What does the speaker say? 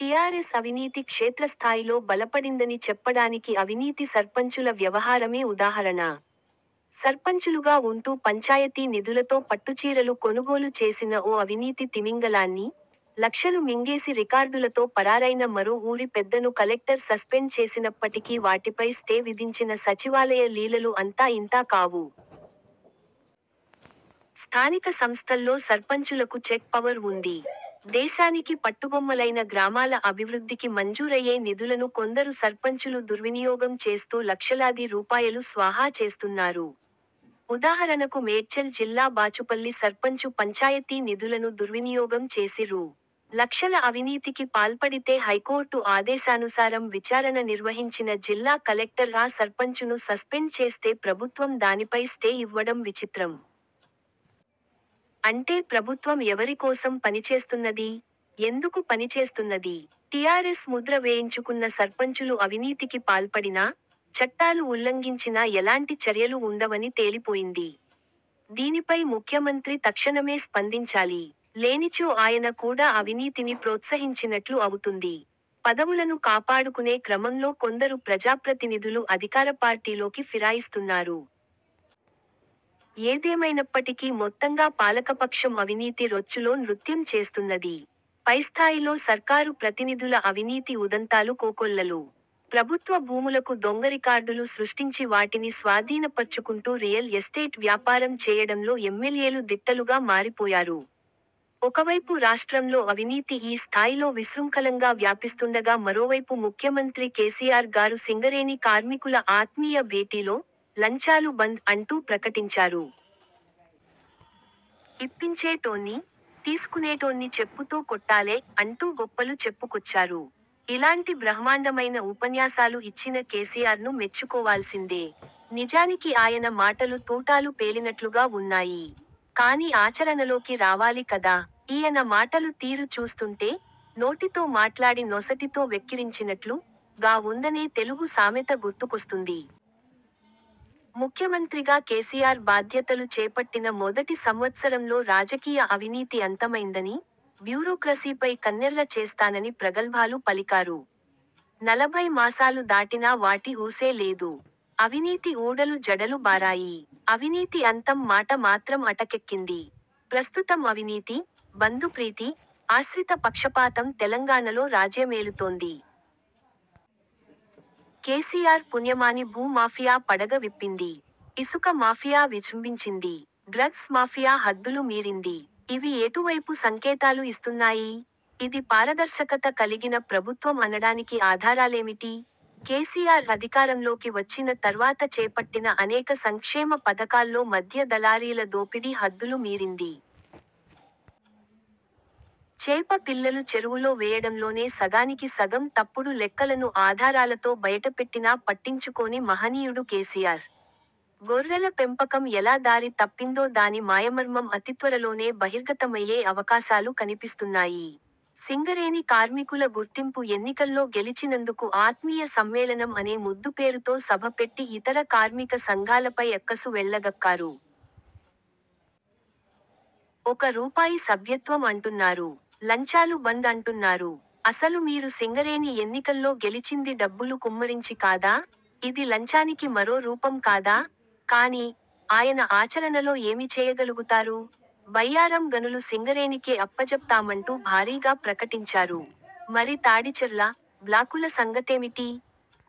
TRS అవినీతి క్షేత్రస్థాయిలో బలపడిందని చెప్పడానికి అవినీతి సర్పంచుల వ్యవహారమే ఉదాహరణ. సర్పంచులుగా వుంటూ పంచాయతీ నిధులతో పట్టుచీరలు కొనుగోలు చేసిన ఓ అవినీతి తిమింగలాన్ని, లక్షలు మింగేసి రికార్డులతో పరారైన మరో ఊరి పెద్దను కలెక్టర్ సస్పెండ్ చేసినప్పటికీ వాటిపై స్టే విధించిన సచివాలయ లీలలు అంతా ఇంతా కావు. స్థానిక సంస్థల్లో సర్పంచులకు చెక్ పవర్ వుంది. దేశానికి పట్టుగొమ్మలైన గ్రామాల అభివృద్ధికి మంజూరయ్యే నిధులను కొందరు సర్పంచులు దుర్వినియోగం చేస్తూ లక్షలాది రూపాయలు స్వాహా చేస్తున్నారు. ఉదాహరణకు మేడ్చల్ జిల్లా బాచుపల్లి సర్పంచు పంచాయతీ నిధులను దుర్వినియోగం చేసి రూ. లక్షల అవినీతికి పాల్పడితే హైకోర్టు ఆదేశానుసారం విచారణ నిర్వహించిన జిల్లా కలెక్టర్ ఆ సర్పంచును సస్పెండ్ చేస్తే ప్రభుత్వం దానిపై స్టే ఇవ్వడం విచిత్రం. అంటే ప్రభుత్వం ఎవరి కోసం పనిచేస్తున్నది? ఎందుకు పనిచేస్తున్నది. టీఆర్ఎస్ ముద్ర వేయించుకున్న సర్పంచులు అవినీతికి పాల్పడినా, చట్టాలు ఉల్లంఘించినా ఎలాంటి చర్యలు వుండవని తేలిపోయింది. దీనిపై ముఖ్యమంత్రి తక్షణమే స్పందించాలి. లేనిచో ఆయన కూడా అవినీతిని ప్రోత్సహించినట్లు అవుతుంది. పదవులను కాపాడుకునే క్రమంలో కొందరు ప్రజాప్రతినిధులు అధికారపార్టీలోకి ఫిరాయిస్తున్నారు. ఏదేమైనప్పటికీ మొత్తంగా పాలకపక్షం అవినీతి రొచ్చులో నృత్యం చేస్తున్నది. పైస్థాయిలో సర్కారు ప్రతినిధుల అవినీతి ఉదంతాలు కోకొల్లలు. ప్రభుత్వ భూములకు దొంగరికార్డులు సృష్టించి వాటిని స్వాధీనపర్చుకుంటూ రియల్ ఎస్టేట్ వ్యాపారం చేయడంలో ఎమ్మెల్యేలు దిట్టలుగా మారిపోయారు. ఒకవైపు రాష్ట్రంలో అవినీతి ఈ స్థాయిలో విశృంఖలంగా వ్యాపిస్తుండగా మరోవైపు ముఖ్యమంత్రి కేసీఆర్ గారు సింగరేణి కార్మికుల ఆత్మీయ భేటీలో ''లంచాలు బంద్'' అంటూ ప్రకటించారు. 'ఇప్పించే టోన్ని, తీసుకునేటోన్ని చెప్పుతో కొట్టాలె' అంటూ గొప్పలు చెప్పుకొచ్చారు. ఇలాంటి బ్రహ్మాండమైన ఉపన్యాసాలు ఇచ్చిన కేసీఆర్ను మెచ్చుకోవాల్సిందే. నిజానికి ఆయన మాటలు తూటాలు పేలినట్లుగా వున్నాయి. కానీ ఆచరణలోకి రావాలి కదా! ఈయన మాటలు తీరు చూస్తుంటే ''నోటితో మాట్లాడి నొసటితో వెక్కిరించినట్లు''గా వుందనే తెలుగు సామెత గుర్తుకొస్తుంది. ముఖ్యమంత్రిగా కేసీఆర్ బాధ్యతలు చేపట్టిన మొదటి సంవత్సరంలో రాజకీయ అవినీతి అంతమైందని, బ్యూరోక్రసీపై కన్నెర్ర చేస్తానని ప్రగల్భాలు పలికారు. నలభై మాసాలు దాటినా వాటి ఊసే లేదు. అవినీతి ఊడలు జడలు బారాయి. అవినీతి అంతం మాట మాత్రం అటకెక్కింది. ప్రస్తుతం అవినీతి, బంధుప్రీతి, ఆశ్రిత పక్షపాతం తెలంగాణలో రాజ్యమేలుతోంది. కేసీఆర్ పుణ్యమాని భూ మాఫియా పడగ విప్పింది. ఇసుక మాఫియా విజృంభించింది. డ్రగ్స్ మాఫియా హద్దులు మీరింది. ఇవి ఎటు వైపు సంకేతాలు ఇస్తున్నాయి? ఇది పారదర్శకత కలిగిన ప్రభుత్వం అనడానికి ఆధారాలేమిటి? కేసీఆర్ అధికారంలోకి వచ్చిన తర్వాత చేపట్టిన అనేక సంక్షేమ పథకాల్లో మధ్య దళారీల దోపిడీ హద్దులు మీరింది. చేప పిల్లలు చెరువులో వేయడంలోనే సగానికి సగం తప్పుడు లెక్కలను ఆధారాలతో బయటపెట్టినా పట్టించుకోని మహనీయుడు కేసీఆర్. గొర్రెల పెంపకం ఎలా దారి తప్పిందో దాని మాయమర్మం అతిత్వరలోనే బహిర్గతమయ్యే అవకాశాలు కనిపిస్తున్నాయి. సింగరేణి కార్మికుల గుర్తింపు ఎన్నికల్లో గెలిచినందుకు ఆత్మీయ సమ్మేళనం అనే ముద్దుపేరుతో సభ పెట్టి ఇతర కార్మిక సంఘాలపై అక్కసు వెళ్లగక్కారు. ఒక రూపాయి సభ్యత్వం అంటున్నారు. లంచాలు బంద్ అంటున్నారు. అసలు మీరు సింగరేణి ఎన్నికల్లో గెలిచింది డబ్బులు కుమ్మరించి కాదా? ఇది లంచానికి మరో రూపం కాదా? కానీ, ఆయన ఆచరణలో ఏమి చేయగలుగుతారు? బయ్యారం గనులు సింగరేణికే అప్పజెప్తామంటూ భారీగా ప్రకటించారు. మరి తాడిచర్ల, బ్లాకుల సంగతేమిటి?